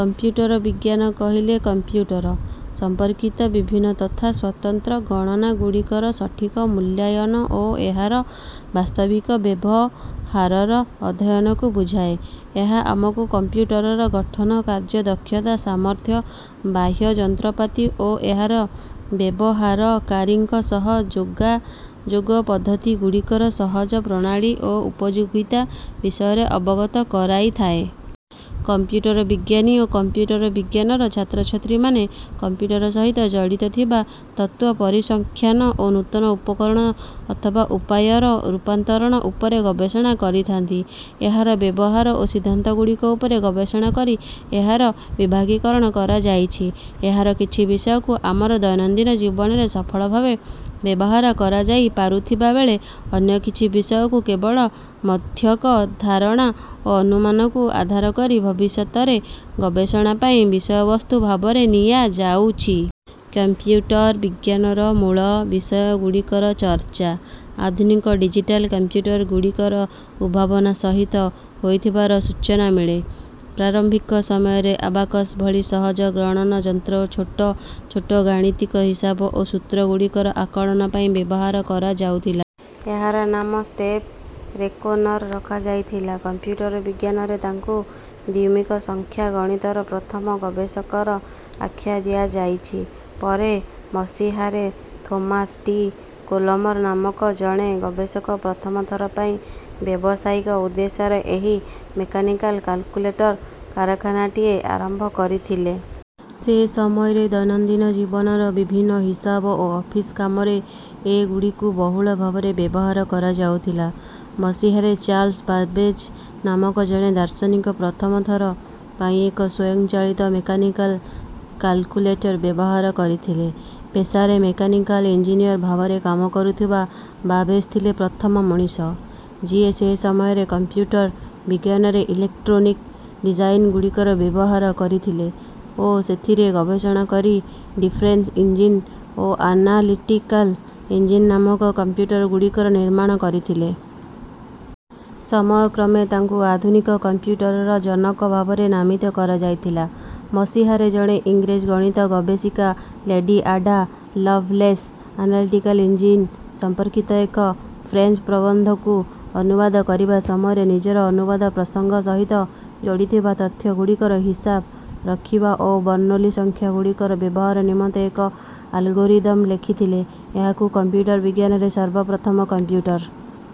Computer ବିଜ୍ଞାନ କହିଲେ computer ସମ୍ପର୍କିତ ବିଭିନ୍ନ ତଥା ସ୍ୱତନ୍ତ୍ର ଗଣନା ଗୁଡ଼ିକର ସଠିକ ମୂଲ୍ୟାୟନ ଓ ଏହାର ବାସ୍ତବିକ ବ୍ୟବହାରର ଅଧ୍ୟୟନକୁ ବୁଝାଏ। ଏହା ଆମକୁ କମ୍ପ୍ୟୁଟରର ଗଠନ, କାର୍ଯ୍ୟ ଦକ୍ଷତା, ସାମର୍ଥ୍ୟ, ବାହ୍ୟ ଯନ୍ତ୍ରପାତି ଓ ଏହାର ବ୍ୟବହାରକାରୀଙ୍କ ସହ ଯୋଗାଯୋଗ ପଦ୍ଧତି ଗୁଡ଼ିକର ସହଜ ପ୍ରଣାଳୀ ଓ ଉପଯୋଗିତା ବିଷୟରେ ଅବଗତ କରାଇଥାଏ। କମ୍ପ୍ୟୁଟର ବିଜ୍ଞାନୀ ଓ କମ୍ପ୍ୟୁଟର ବିଜ୍ଞାନର ଛାତ୍ରଛାତ୍ରୀମାନେ କମ୍ପ୍ୟୁଟର ସହିତ ଜଡ଼ିତ ଥିବା ତତ୍ତ୍ୱ, ପରିସଂଖ୍ୟାନ ଓ ନୂତନ ଉପକରଣ ଅଥବା ଉପାୟର ରୂପାନ୍ତରଣ ଉପରେ ଗବେଷଣା କରିଥାନ୍ତି। ଏହାର ବ୍ୟବହାର ଓ ସିଦ୍ଧାନ୍ତ ଗୁଡ଼ିକ ଉପରେ ଗବେଷଣା କରି ଏହାର ବିଭାଗୀକରଣ କରାଯାଇଛି। ଏହାର କିଛି ବିଷୟକୁ ଆମର ଦୈନନ୍ଦିନ ଜୀବନରେ ସଫଳ ଭାବେ ବ୍ୟବହାର କରାଯାଇପାରୁଥିବା ବେଳେ, ଅନ୍ୟ କିଛି ବିଷୟକୁ କେବଳ ସମ୍ୟକ ଧାରଣା ଓ ଅନୁମାନକୁ ଆଧାର କରି ଭବିଷ୍ୟତରେ ଗବେଷଣା ପାଇଁ ବିଷୟବସ୍ତୁ ଭାବରେ ନିଆଯାଉଛି। କମ୍ପ୍ୟୁଟର ବିଜ୍ଞାନର ମୂଳ ବିଷୟ ଗୁଡ଼ିକର ଚର୍ଚା ଆଧୁନିକ ଡିଜିଟାଲ କମ୍ପ୍ୟୁଟର ଗୁଡ଼ିକର ଉଦ୍ଭାବନ ସହିତ ହୋଇଥିବାର ସୂଚନା ମିଳେ। ପ୍ରାରମ୍ଭିକ ସମୟରେ ଆବାକସ ଭଳି ସହଜ ଗଣନ ଯନ୍ତ୍ରକୁ ଛୋଟ ଛୋଟ ଗାଣିତିକ ହିସାବ ଓ ସୂତ୍ର ଗୁଡ଼ିକର ଆକଳନ ପାଇଁ ବ୍ୟବହାର କରାଯାଉଥିଲା। ଏହାର ନାମ ଷ୍ଟେପ ରେକୋନର ରଖାଯାଇଥିଲା। କମ୍ପ୍ୟୁଟର ବିଜ୍ଞାନରେ ତାଙ୍କୁ ଦ୍ୱିମିକ ସଂଖ୍ୟା ଗଣିତର ପ୍ରଥମ ଗବେଷକର ଆଖ୍ୟା ଦିଆଯାଇଛି। ପରେ ମସିହାରେ ଥୋମାସ ଡି କୋଲମର ନାମକ ଜଣେ ଗବେଷକ ପ୍ରଥମ ଥର ପାଇଁ ବ୍ୟବସାୟିକ ଉଦ୍ଦେଶ୍ୟରେ ଏହି ମେକାନିକାଲ କାଲକୁଲେଟର କାରଖାନାଟିଏ ଆରମ୍ଭ କରିଥିଲେ। ସେ ସମୟରେ ଦୈନନ୍ଦିନ ଜୀବନର ବିଭିନ୍ନ ହିସାବ ଓ ଅଫିସ କାମରେ ଏଗୁଡ଼ିକୁ ବହୁଳ ଭାବରେ ବ୍ୟବହାର କରାଯାଉଥିଲା। ମସିହାରେ ଚାର୍ଲ୍ସ ବାବେଜ ନାମକ ଜଣେ ଦାର୍ଶନିକ ପ୍ରଥମ ଥର ପାଇଁ ଏକ ସ୍ୱୟଂଚାଳିତ ମେକାନିକାଲ କାଲକୁଲେଟର ବ୍ୟବହାର କରିଥିଲେ। ପେସାରେ ମେକାନିକାଲ ଇଞ୍ଜିନିୟର ଭାବରେ କାମ କରୁଥିବା ବାବେଜ ଥିଲେ ପ୍ରଥମ ମଣିଷ, ଯିଏ ସେ ସମୟରେ କମ୍ପ୍ୟୁଟର ବିଜ୍ଞାନରେ ଇଲେକ୍ଟ୍ରୋନିକ ଡିଜାଇନ ଗୁଡ଼ିକର ବ୍ୟବହାର କରିଥିଲେ ଓ ସେଥିରେ ଗବେଷଣା କରି ଡିଫରେନ୍ସ ଇଞ୍ଜିନ ଓ ଆନାଲିଟିକାଲ ଇଞ୍ଜିନ ନାମକ କମ୍ପ୍ୟୁଟର ଗୁଡ଼ିକର ନିର୍ମାଣ କରିଥିଲେ। ସମୟ କ୍ରମେ ତାଙ୍କୁ ଆଧୁନିକ କମ୍ପ୍ୟୁଟରର ଜନକ ଭାବରେ ନାମିତ କରାଯାଇଥିଲା। ମସିହାରେ ଜଣେ ଇଂରେଜ ଗଣିତ ଗବେଷିକା lady Ada Lovelace, analytical engine ସମ୍ପର୍କିତ ଏକ ଫ୍ରେଞ୍ଚ ପ୍ରବନ୍ଧକୁ ଅନୁବାଦ କରିବା ସମୟରେ ନିଜର ଅନୁବାଦ ପ୍ରସଙ୍ଗ ସହିତ ଯୋଡ଼ିଥିବା ତଥ୍ୟ ଗୁଡ଼ିକର ହିସାବ ରଖିବା ଓ ବର୍ଣ୍ଣୋଲି ସଂଖ୍ୟା ଗୁଡ଼ିକର ବ୍ୟବହାର ନିମନ୍ତେ ଏକ ଆଲଗୋରିଦିମ ଲେଖିଥିଲେ। ଏହାକୁ କମ୍ପ୍ୟୁଟର ବିଜ୍ଞାନରେ ସର୍ବପ୍ରଥମ କମ୍ପ୍ୟୁଟର